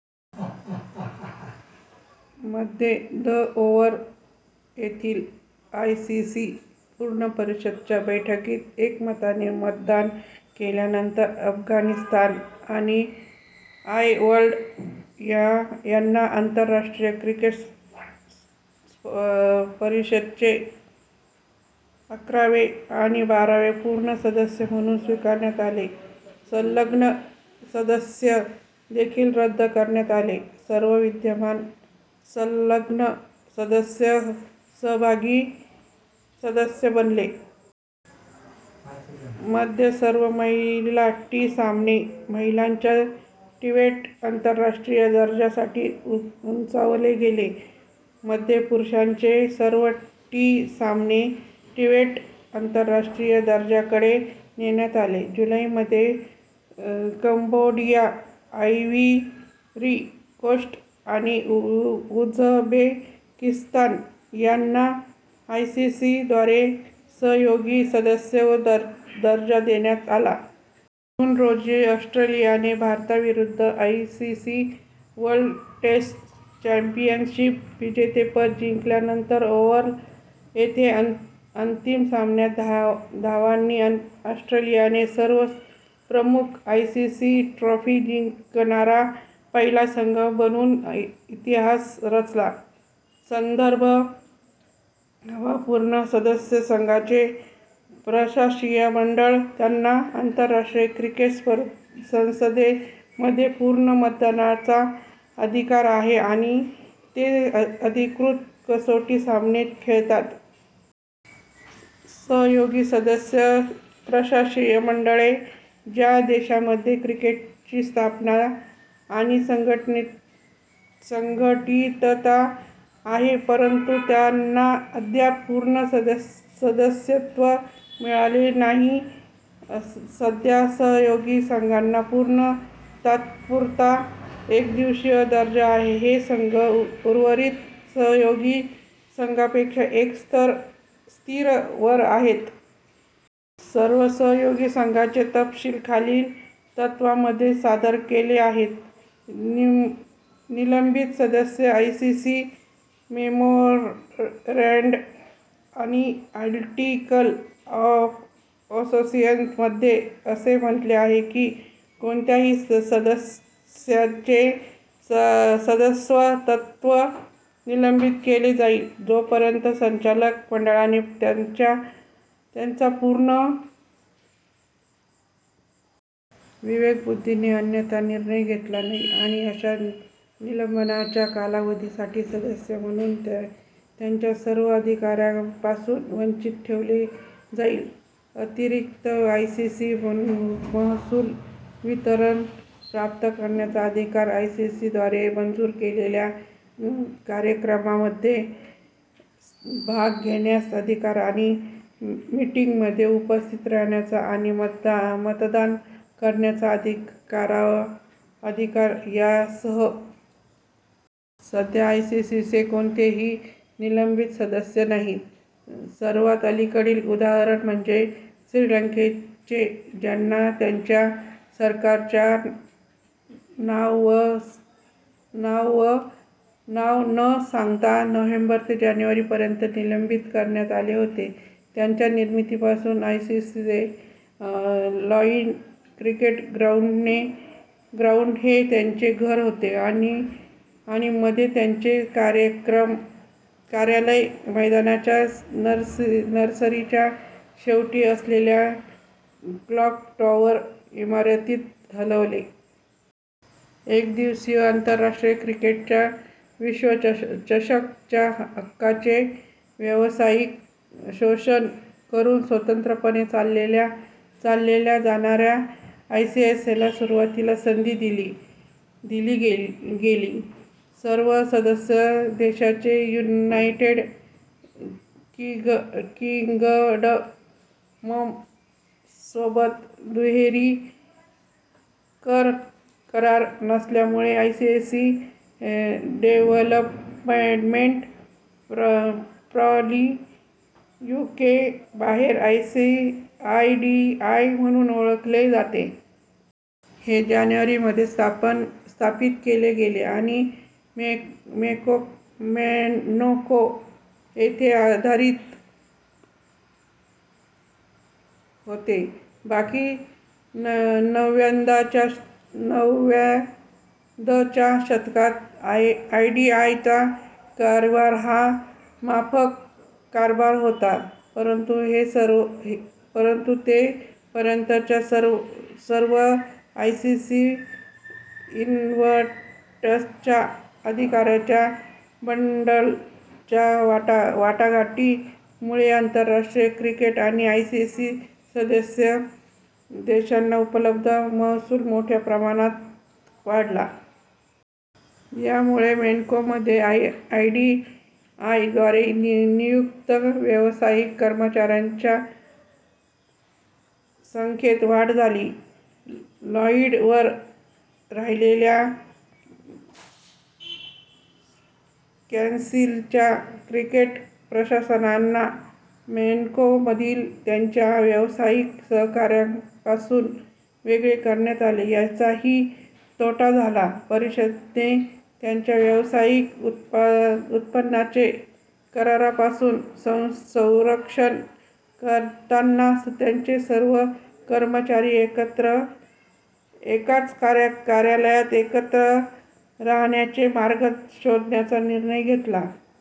मध्ये, the Oval येथील ICC पूर्ण परिषदेच्या बैठकीत एकमताने मतदान केल्यानंतर अफगाणिस्तान आणि आयर्लंड यांना आंतरराष्ट्रीय क्रिकेट परिषदेचे अकरावे आणि बारावे पूर्ण सदस्य म्हणून स्वीकारण्यात आले. संलग्न सदस्यत्व देखील रद्द करण्यात आले, सर्व विद्यमान संलग्न सदस्य सहयोगी सदस्य बनले. मध्ये, सर्व महिला टी- सामने महिलांच्या ट्वेंटी- आंतरराष्ट्रीय दर्जासाठी उंचावले गेले. मध्ये, पुरुषांचे सर्व टी- सामने ट्वेन्टी- आंतरराष्ट्रीय दर्जाकडे नेण्यात आले. जुलै मध्ये, कंबोडिया, आयव्हरी कोस्ट, आणि उझबेकिस्तान यांना आयसीसीद्वारे सहयोगी सदस्य दर्जा देण्यात आला. जून रोजी, ऑस्ट्रेलियाने भारताविरुद्ध आयसीसी वर्ल्ड टेस्ट चॅम्पियनशिप विजेतेपद जिंकल्यानंतर, ओव्हल येथे अंतिम सामन्यात धावांनी, ऑस्ट्रेलियाने सर्व प्रमुख आयसीसीट्रॉफी जिंकणारा पहिला संघ बनून इतिहास रचला. संदर्भ हवा पूर्ण सदस्य – संघांचे प्रशासकीय मंडळ ज्यांना आंतरराष्ट्रीय क्रिकेट परिषदेमध्ये पूर्ण मतदानाचा अधिकार आहे आणि ते अधिकृत कसोटी सामने खेळतात. सहयोगी सदस्य – प्रशासकीय मंडळे ज्या देशांमध्ये क्रिकेटची स्थापना आणि संघटितता आहे, परंतु त्यांना अद्याप पूर्ण सदस्यत्व मिळालेले नाही. सध्या, सहयोगी संघांना पर्यंत तात्पुरता एकदिवसीय दर्जा आहे. हे संघ उर्वरित सहयोगी संघांपेक्षा एक स्तर वर आहेत. सर्व सहयोगी संघांचे तपशील खालील तक्त्यामध्ये सादर केले आहेत: निलंबित सदस्य – आयसीसी मेमोरँडम आणि आर्टिकल ऑफ असोसिएशनमध्ये असे म्हणले आहे की "कोणत्याही सदस्याचे सदस्यत्व निलंबित केले जाईल, जोपर्यंत संचालक मंडळाने त्याच्या पूर्ण विवेकबुद्धीने अन्यथा निर्णय घेतला नाही, आणि अशा निलंबनाच्या कालावधीसाठी, सदस्य म्हणून त्याच्या सर्व अधिकारांपासून वंचित ठेवले जाईल, अतिरिक्त आयसीसी महसूल वितरण प्राप्त करण्याचा अधिकार, आयसीसी द्वारे मंजूर केलेल्या कार्यक्रमांमध्ये भाग घेण्याचा अधिकार आणि मीटिंगमध्ये उपस्थित राहण्याचा आणि मतदान करण्याचा अधिकार यासह. सध्या आयसीसीचे कोणतेही निलंबित सदस्य नाहीत, सर्वात अलीकडील उदाहरण म्हणजे श्रीलंकेचे, ज्यांना त्यांच्या सरकारच्या नाव न सांगता नोव्हेंबर ते जानेवारी पर्यंत निलंबित करण्यात आले होते. त्याच्या निर्मितीपासून, आयसीसीचे लॉर्ड्स क्रिकेट ग्राउंड हे त्याचे घर होते आणि मध्ये त्याचे कार्यालय मैदानाच्या नर्सरीच्या शेवटी असलेल्या "क्लॉक टॉवर" इमारतीत हलवले. एकदिवसीय आंतरराष्ट्रीय क्रिकेटच्या विश्वचषकाच्या हक्कांचे व्यावसायिक शोषण करून स्वतंत्रपणे चालवल्या जाणाऱ्या आयसीसीला सुरुवातीला निधी दिला गेला. सर्व सदस्य देशांचे युनायटेड किंगडमसोबत दुहेरी-कर करार नसल्यामुळे, आयसीसी डेव्हलपमेंट प्रा. लि, यूके बाहेर आयडीआय म्हणून ओळखले जाते. हे जानेवारी मध्ये स्थापित केले गेले आणि मोनॅको येथे आधारित होते. बाकी नव्वदच्या दशकात आयडीआयचा कारभार हा माफक कारभार होता. परंतु ते पर्यंतच्या सर्व आयसीसी इव्हेंट्सच्या अधिकारांच्या बंडलच्या वाटाघाटीमुळे, आंतरराष्ट्रीय क्रिकेट आणि आयसीसी सदस्य देशांना उपलब्ध महसूल मोठ्या प्रमाणात वाढला. यामुळे मोनॅकोमध्ये आयडीआयद्वारे नियुक्त व्यावसायिक कर्मचाऱ्यांच्या संख्येत वाढ झाली. लॉर्ड्सवर राहिलेल्या कौन्सिलच्या क्रिकेट प्रशासकांना मोनॅकोमधील त्यांच्या व्यावसायिक सहकाऱ्यांपासून वेगळे करण्यात आले याचाही तोटा झाला. परिषदेने त्यांच्या व्यावसायिक उत्पन्नाचे करापासून संरक्षण करताना त्यांचे सर्व कर्मचारी एकाच कार्यालयात एकत्र आणण्याचे मार्ग शोधण्याचा निर्णय घेतला.